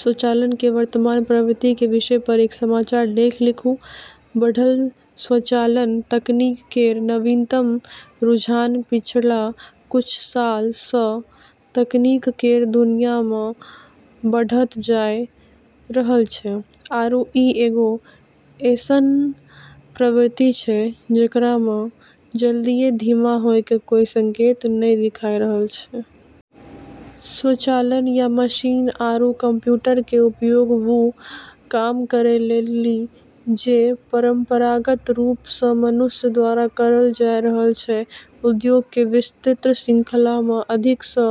स्वचालन के वर्तमान प्रवृत्ति के विषय पर एक समाचार लेख लिखु: बढ़लऽ स्वचालन तकनीक केरऽ नवीनतम रुझान पिछला कुछ सालऽ स॑ तकनीक केरऽ दुनिया म॑ बढ़त जाय रहलऽ छै, आरू ई एगो ऐसनऽ प्रवृत्ति छै जेकरा म॑ जल्दिये धीमा होय के कोय संकेत नै दिखाय रहलऽ छै। स्वचालन, या मशीन आरू कंप्यूटर के उपयोग वू काम करै लेली जे परंपरागत रूप स॑ मनुष्य द्वारा करलऽ जाय रहलऽ छै, उद्योगऽ के विस्तृत श्रृंखला म॑ अधिक स॑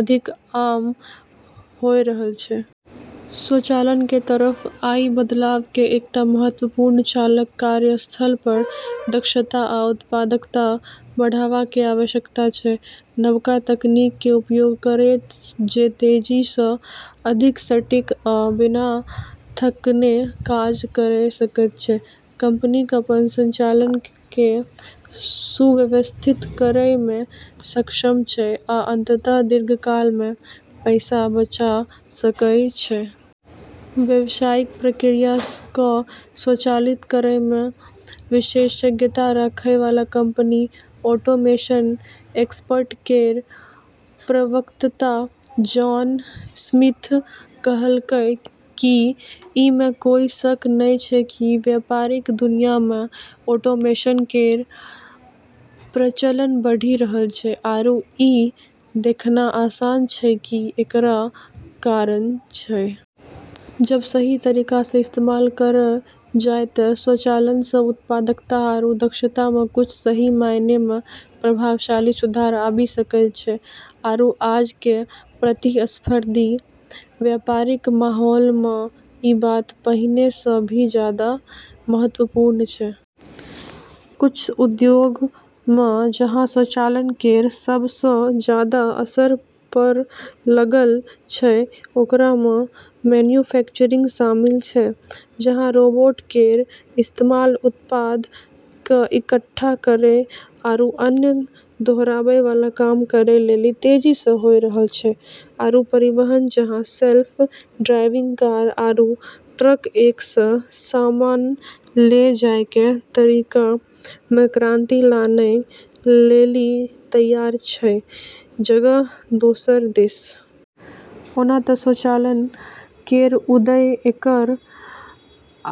अधिक आम होय रहलऽ छै। स्वचालन के तरफ अइ बदलाव के एकटा महत्वपूर्ण चालक कार्यस्थल पर दक्षता आ उत्पादकता बढ़ावा के आवश्यकता छै । नबका तकनीक के उपयोग करयत जे तेजी सऽ, अधिक सटीक आ बिना थकने काज कयर सकय छै, कंपनीक अपन संचालन के सुव्यवस्थित करय मे सक्षम छै आ अंततः दीर्घकाल मे पैसा बचा सकय छै। व्यवसायिक प्रक्रिया क॑ स्वचालित करै म॑ विशेषज्ञता रखै वाला कंपनी ऑटोमेशन एक्सपर्ट केरऽ प्रवक्ता जॉन स्मिथ कहलकै कि ई म॑ कोय शक नै छै कि व्यापारिक दुनिया म॑ ऑटोमेशन केरऽ प्रचलन बढ़ी रहलऽ छै, आरू ई देखना आसान छै कि एकरऽ कारण छै। जब सही तरीका स॑ इस्तेमाल करलऽ जाय त॑ स्वचालन स॑ उत्पादकता आरू दक्षता म॑ कुछ सही मायने म॑ प्रभावशाली सुधार आबी सकै छै। आरू आज केरऽ प्रतिस्पर्धी व्यापारिक माहौल म॑ ई बात पहिने स॑ भी जादा महत्वपूर्ण छै। कुछ उद्योगऽ म॑ जहाँ स्वचालन केरऽ सबसऽ जादा असर पड़॑ लगलऽ छै, ओकरा म॑ मैन्युफैक्चरिंग शामिल छै, जहां रोबोट केरऽ इस्तेमाल उत्पाद क॑ इकट्ठा करै आरू अन्य दोहराबै वाला काम करै लेली तेजी स॑ होय रहलऽ छै, आरू परिवहन, जहाँ सेल्फ ड्राइविंग कार आरू ट्रक एक स॑ सामान ले जाय के तरीका म॑ क्रांति लानै लेली तैयार छै जगह दोसर दिस। ओना त स्वचालन केरऽ उदय एकरऽ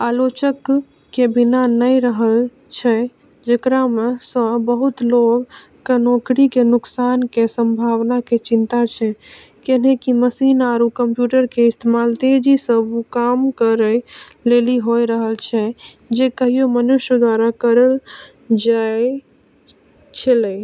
आलोचकऽ के बिना नै रहलऽ छै, जेकरा म॑ स॑ बहुत लोगऽ क॑ नौकरी के नुकसान के संभावना के चिंता छै, कैन्हेंकि मशीन आरू कंप्यूटर के इस्तेमाल तेजी स॑ वू काम करै लेली होय रहलऽ छै जे कहियो मनुष्य द्वारा करलऽ जाय छेलै।